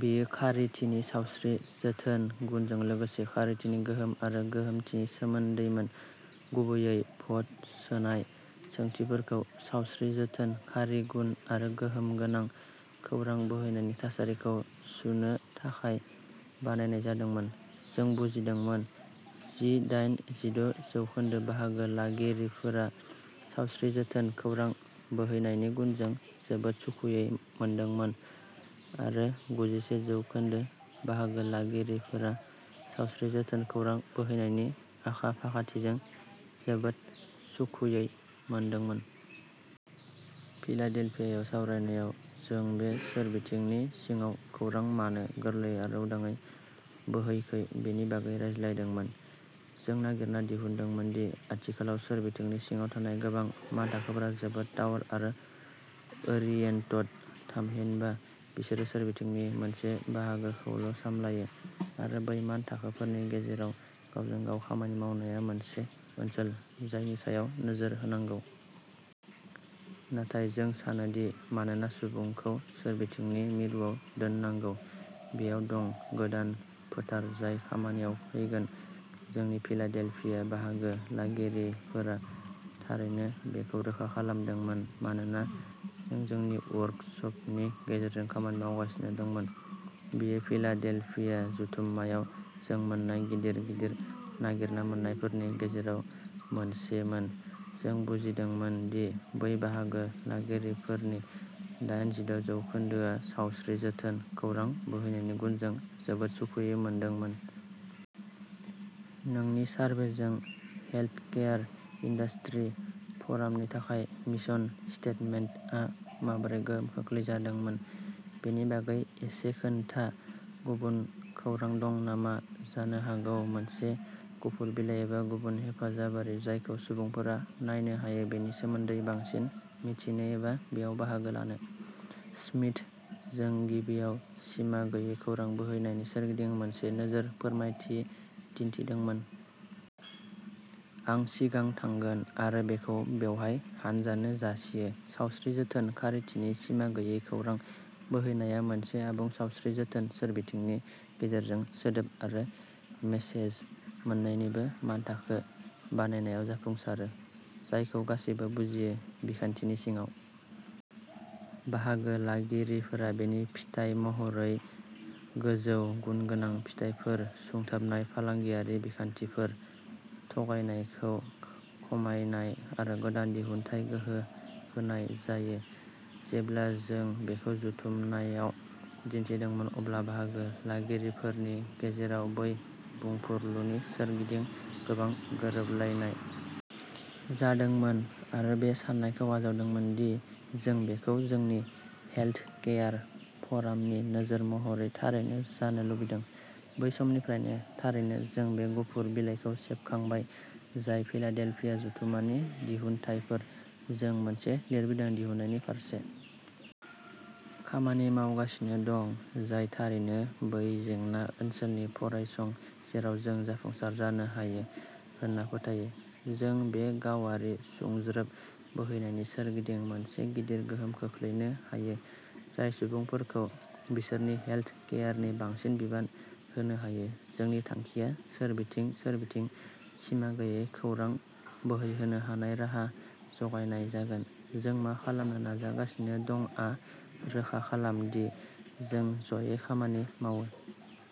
बेयो खारिथिनि सावस्रि जोथोन गुनजों लोगोसे खारिथिनि गोहोम आरो गोहोमथिनि सोमोन्दैमोन गुबैयै भट सोनाय सोंथिफोरखौ सावस्रि जोथोन खारि गुन आरो गोहोम गोनां खौरां बोहैनायनि थासारिखौ सुनो थाखाय बानायनाय जादोंमोन। जों बुजिदोंमोन दि दाइन जिद' जौखोन्दो बाहागो लागिरिफोरा सावस्रि जोथोन खौरां बोहैनायनि गुनजों जोबोद सुखुयै मोनदोंमोन आरो गुजिसे जौखोन्दो बाहागो लागिरिफोरा सावस्रि जोथोन खौरां बोहैनायनि आखा फाखाथिजों जोबोद सुखुयै मोनदोंमोन। फिलाडेल्फियायाव सावरायनायाव जों बे सोरबिथिंनि सिङाव खौरां मानो गोरलैयै आरो उदाङै बोहैाखै बेनि बागै रायज्लायदोंमोन। जों नागिरना दिहुनदोंमोन दि आथिखालाव सोरबिथिंनि सिङाव थानाय गोबां मानथाखोफोरा जोबोद टावार ओरियेन्टेड थामहिनबा बिसोरो सोरबिथिंनि मोनसे बाहागोखौल'सामलायो आरो बै मानथाखोफोरनि गेजेराव गावजों गाव खामानि मावनाया मोनसे ओनसोल जायनि सायाव नोजोर होनांगौ। नाथाय जों सानो दि मानोना सुबुंखौ सोरबिथिंनि मिरुआव दोननांगौ बेयाव दं गोदान फोथार जाय खामानियाव फैगोन जोंनि फिलाडेल्फिया बाहागो लागिरिफोरा थारैनो बेखौ रोखा खालामदोंमोन मानोना जों जोंनि वर्कसपनि गेजेरजों खामानि मावगासिनो दंमोन। बेयो फिलाडेल्फिया जथुम्मायाव जों मोन्नाय गिदिर गिदिर नागिरना मोन्नायफोरनि गेजेराव मोनसेमोन जों बुजिदोंमोन दि बै बाहागो लागिरिफोरनि दाइन जिद' जौखोन्दोआ सावस्रि जोथोन खौरां बोहैनायनि गुनजों जोबोद सुखुयै मोनदोंमोन। नोंनि सारभेजों हेल्थकेयार इन्डास्ट्रि फ'रामनि थाखाय मिसन स्टेटमेन्टआ माबोरै गोहोम खोख्लैजादोंमोन बेनि बागै एसे खोन्था गुबुन खौरां दं नामा जानो हागौ मोनसे गुफुर बिलाइ एबा गुबुन हेफाजाबारि जायखौ सुबुंफोरा नायनो हायो बेनि सोमोन्दै बांसिन मिथिनो एबा बेयाव बाहागो लानो श्मिट जों गिबियाव सिमा गैयै खौरां बोहैनायनि सोरगिदिं मोनसे नोजोर फोरमायथि दिन्थिदोंमोन। आं सिगां थांगोन आरो बेखौ बेवहाय हानजानो जासियो सावस्रि जोथोन खारिथिनि सिमा गैयै खौरां बोहैनाया मोनसे आबुं सावस्रि जोथोन सोरबिथिंनि गेजेरजों सोदोब आरो मेसेज मोन्नैनिबो मानथाखो बानायनायाव जाफुंसारो जायखौ गासैबो बुजियो। बिखान्थिनि सिङाव बाहागो लागिरिफोर बेनि फिथाय महरै गोजौ गुनगोनां फिथायफोर सुंथाबनाय फालांगियारि बिखान्थिफोर थगायनायखौ खमायनाय आरो गोदान दिहुनथाइ गोहो होनाय जायो जेब्ला जों बेखौ जथुमनायाव दिन्थिदोंमोन अब्ला बाहागो लागिरिफोरनि गेजेराव बै बुंफुरलुनि सोरगिदिं गोबां गोरोबलायनाय जादोंमोन आरो बे साननायखौ आजावदोंमोन दि जों बेखौ जोंनि हेल्थकेयार फ'रामनि नोजोर महरै थारैनो जानो लुबैदों बै समनिफ्रायनो थारैनो जों बे गुफुर बिलाइखौ सेबखांबाय जाय फिलाडेल्फिया जथुमानि दिहुनथायफोर जों मोनसे लिरबिदां दिहुननायनि फारसे खामानि मावगासिनो दं जाय थारैनो बै जेंना ओनसोलनि फरायसं जेराव जों जाफुंसार जानो हायो होनना फोथायो जों बे गावारि सुंज्रोब बोहैनायनि सोरगिदिं मोनसे गिदिर गोहोम खोख्लैनो हायो जाय सुबुंफोरखौ बिसोरनि हेल्थकेयारनि बांसिन बिबान होनो हायो जोंनि थांखिया सोरबिथिं सोरबिथिं सिमा गैयै खौरां बोहैहोनो हानाय राहा जगायनाय जागोन जों मा खालामनो नाजागासिनो दंआ रोखा खालाम दि जों जयै खामानि मावो।